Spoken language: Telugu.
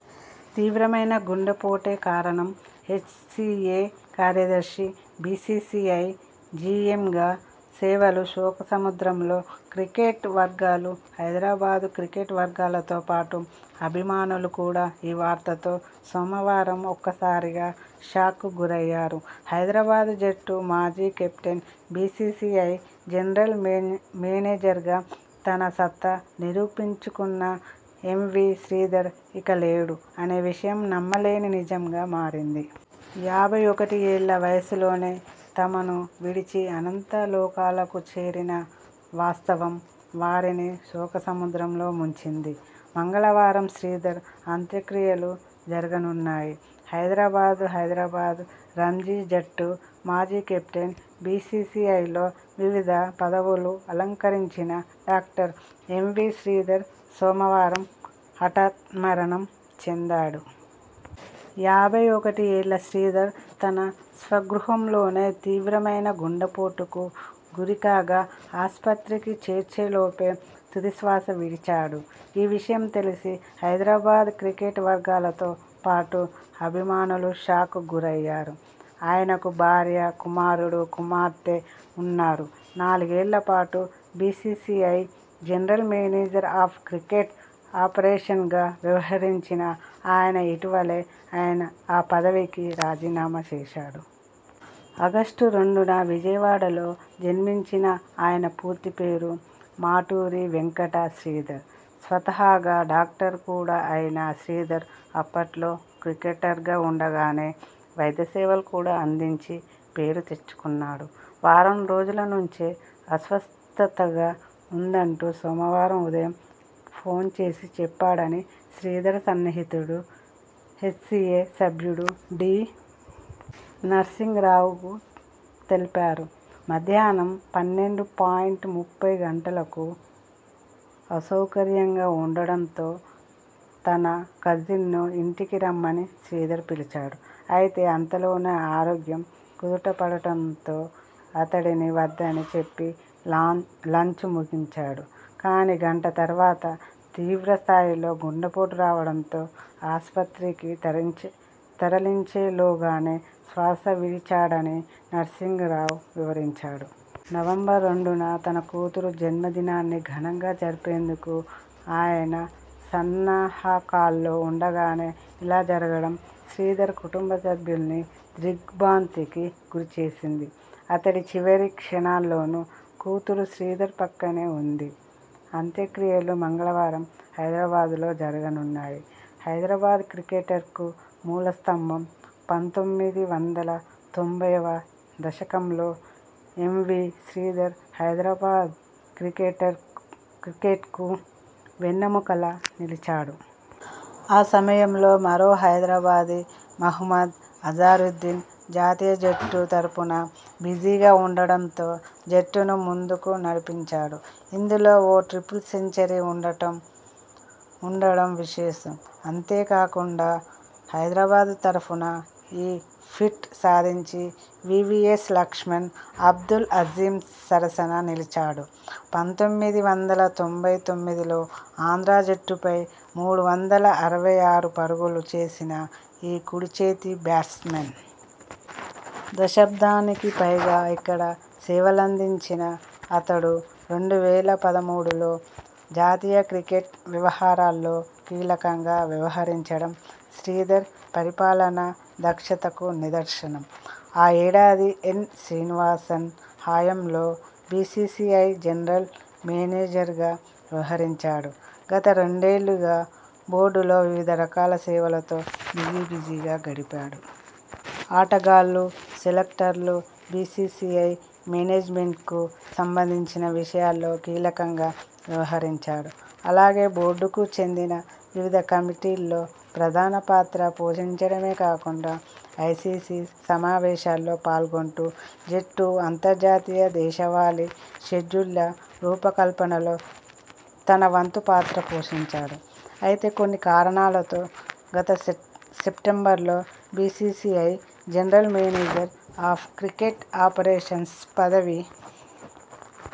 తీవ్రమైన గుండెపోటే కారణంహెచ్సీఏ కార్యదర్శి, బీసీసీఐ జీఎంగా సేవలుశోకసంద్రంలో క్రికెట్ వర్గాలుహైదరాబాద్ క్రికెట్ వర్గాలతో పాటు అభిమానులు కూడా ఈ వార్తతో సోమవారం ఒక్కసారిగా షాక్కు గురయ్యారు. హైదరాబాద్ జట్టు మాజీ కెప్టెన్, బీసీసీఐ జనరల్ మేన్ మేనేజర్గా తన సత్తా నిరూపించుకున్న ఎంవీ శ్రీధర్ ఇక లేడు అనే విషయం నమ్మలేని నిజంగా మారింది. యాభై ఒకటి ఏళ్ల వయస్సులోనే తమను విడిచి అనంత లోకాలకు చేరిన వాస్తవం వారిని శోకసంద్రంలో ముంచింది. మంగళవారం శ్రీధర్ అంత్యక్రియలుజరగనున్నాయి. హైదరాబాద్ హైదరాబాద్ రంజీ జట్టు మాజీ కెప్టెన్, బీసీసీఐలో వివిధ పద వులు అలంకరించిన డాక్టర్ ఎంవీ శ్రీధర్ సోమవారం హఠాన్మరణం చెందాడు. యాభై ఒకటి ఏళ్ల శ్రీధర్ తన స్వగృహంలోనే తీవ్రమైన గుండెపోటుకు గురికాగాఆస్పత్రికి చేర్చేలోపే తుది శ్వాస విడిచాడు. ఈ విషయం తెలిసి హైదరాబాద్ క్రికెట్ వర్గాలతో పాటు అభిమానులు షాక్కు గురయ్యారు. ఆయనకు భార్య, కుమారుడు, కుమార్తె ఉన్నారు. నాలుగేళ్ల పాటు BCCI general manager of cricket ఆపరేషన్గా వ్యవహరించిన ఆయన ఇటీవలే ఆ పదవికి రాజీనామా చేశాడు. ఆగస్టు రెండున విజయవాడలో జన్మించిన ఆయన పూర్తి పేరు మాటూరి వెంకట శ్రీధర్. స్వతహాగా డాక్టర్ కూడా అయిన శ్రీధర్ అప్పట్లో క్రికెటర్గా ఉండగానే వైద్య సేవలు కూడా అందించి పేరు తెచ్చుకున్నాడు. వారం రోజుల నుంచే అస్వస్థతగా ఉందంటూ సోమవారం ఉదయం ఫోన్ చేసి చెప్పాడని శ్రీధర్ సన్నిహితుడు, హెచ్సీఏ సభ్యుడు డి. నర్సింగ్ రావు తె లిపారు. 'మధ్యాహ్నం పన్నెండు పాయింట్ ముప్పై గంటలకు అసౌకర్యంగా ఉండడంతో తన కజిన్ను ఇంటికి రమ్మని శ్రీధర్ పిలిచాడు. అయితే అంతలోనే ఆరోగ్యం కుదుటపడడంతో అతడిని వద్దని చెప్పి లా లంచ్ ముగించాడు. కానీ గంట తర్వాత తీవ్రస్థాయిలో గుండెపోటు రావడంతో ఆస్పత్రికి తరించి తరలించేలోగానే శ్వాస విడిచాడ'ని నర్సింగ్ రావు వివరించారు. నవంబర్ రెండున తన కూతురు జన్మదినాన్ని ఘనంగా జరిపేందుకు ఆయన సన్నాహకాల్లో ఉండగానే ఇలా జరగడం శ్రీధర్ కుటుంబసభ్యుల్ని దిగ్ర్భాంతికి గురిచేసింది. అతడి చివరి క్షణాల్లోనూ కూతురు శ్రీధర్ పక్కనే ఉంది. అంత్యక్రియలు మంగళవారం హైదరాబాద్లో జరగనున్నాయి. హైదరాబాద్ క్రికెటర్కు మూలస్తంభం పంతొమ్మిది వందల తొంభైవ దశకంలో ఎంవీ శ్రీధర్ హైదరాబాద్ క్రికెటర్ క్రికెట్కు వెన్నెముకలా నిలిచాడు. ఆ సమయంలో మరో హైదరాబాదీ మహ్మద్ అజారుద్దీన్ జాతీయ జట్టు తరఫున బిజీగా ఉండడంతో జట్టును ముందుకు నడిపించాడు. ఇందులో ఓ ట్రిపుల్ సెంచరీ ఉండటం ఉండడం విశేషం. అంతేకాకుండా హైదరాబాద్ తరఫున ఈ ఫీట్ సాధించి.. వీవీఎస్ లక్ష్మణ్, అబ్దుల్ అజీమ్ సరసన నిలిచాడు. పంతొమ్మిది వందల తొంభై తొమ్మిదిలో ఆంధ్ర జట్టుపై మూడు వందల అరవై ఆరు పరుగులు చేసిన ఈ కుడిచేతి బ్యాట్స్మన్.. దశాబ్దానికిపైగా ఇక్కడ సేవలందించిన అతడు రెండు వేల పదమూడులో జాతీయ క్రికెట్ వ్యవహారాల్లో కీలకంగా వ్యవహరించడం శ్రీధర్ పరిపాలనా దక్షతకు నిదర్శనం. ఆ ఏడాది ఎన్. శ్రీనివాసన్ హయాంలో బీసీసీఐ జనరల్ మేనేజర్గా వ్యవహరించాడు. గత రెండేళ్లుగా బోర్డులో వివిధ రకాల సేవలతో బిజీబిజీగా గడిపాడు. ఆటగాళ్లు, సెలెక్టర్లు, బీసీసీఐ మేనేజ్మెంట్కు సంబంధించిన విషయాల్లో కీలకంగా వ్యవహరించాడు. అలాగే బోర్డుకు చెందిన వివిధ కమిటీల్లో ప్రధాన పాత్ర పోషించడమే కాకుండా ఐసీసీ సమావేశాల్లో పాల్గొంటూ జట్టు అంతర్జాతీయ, దేశవాళీ షెడ్యూళ్ల రూపకల్పనలో తన వంతు పాత్ర పోషించాడు. అయితే కొన్ని కారణాలతో గత సెప్టెంబర్లో BCCI general manager of cricket operations పదవి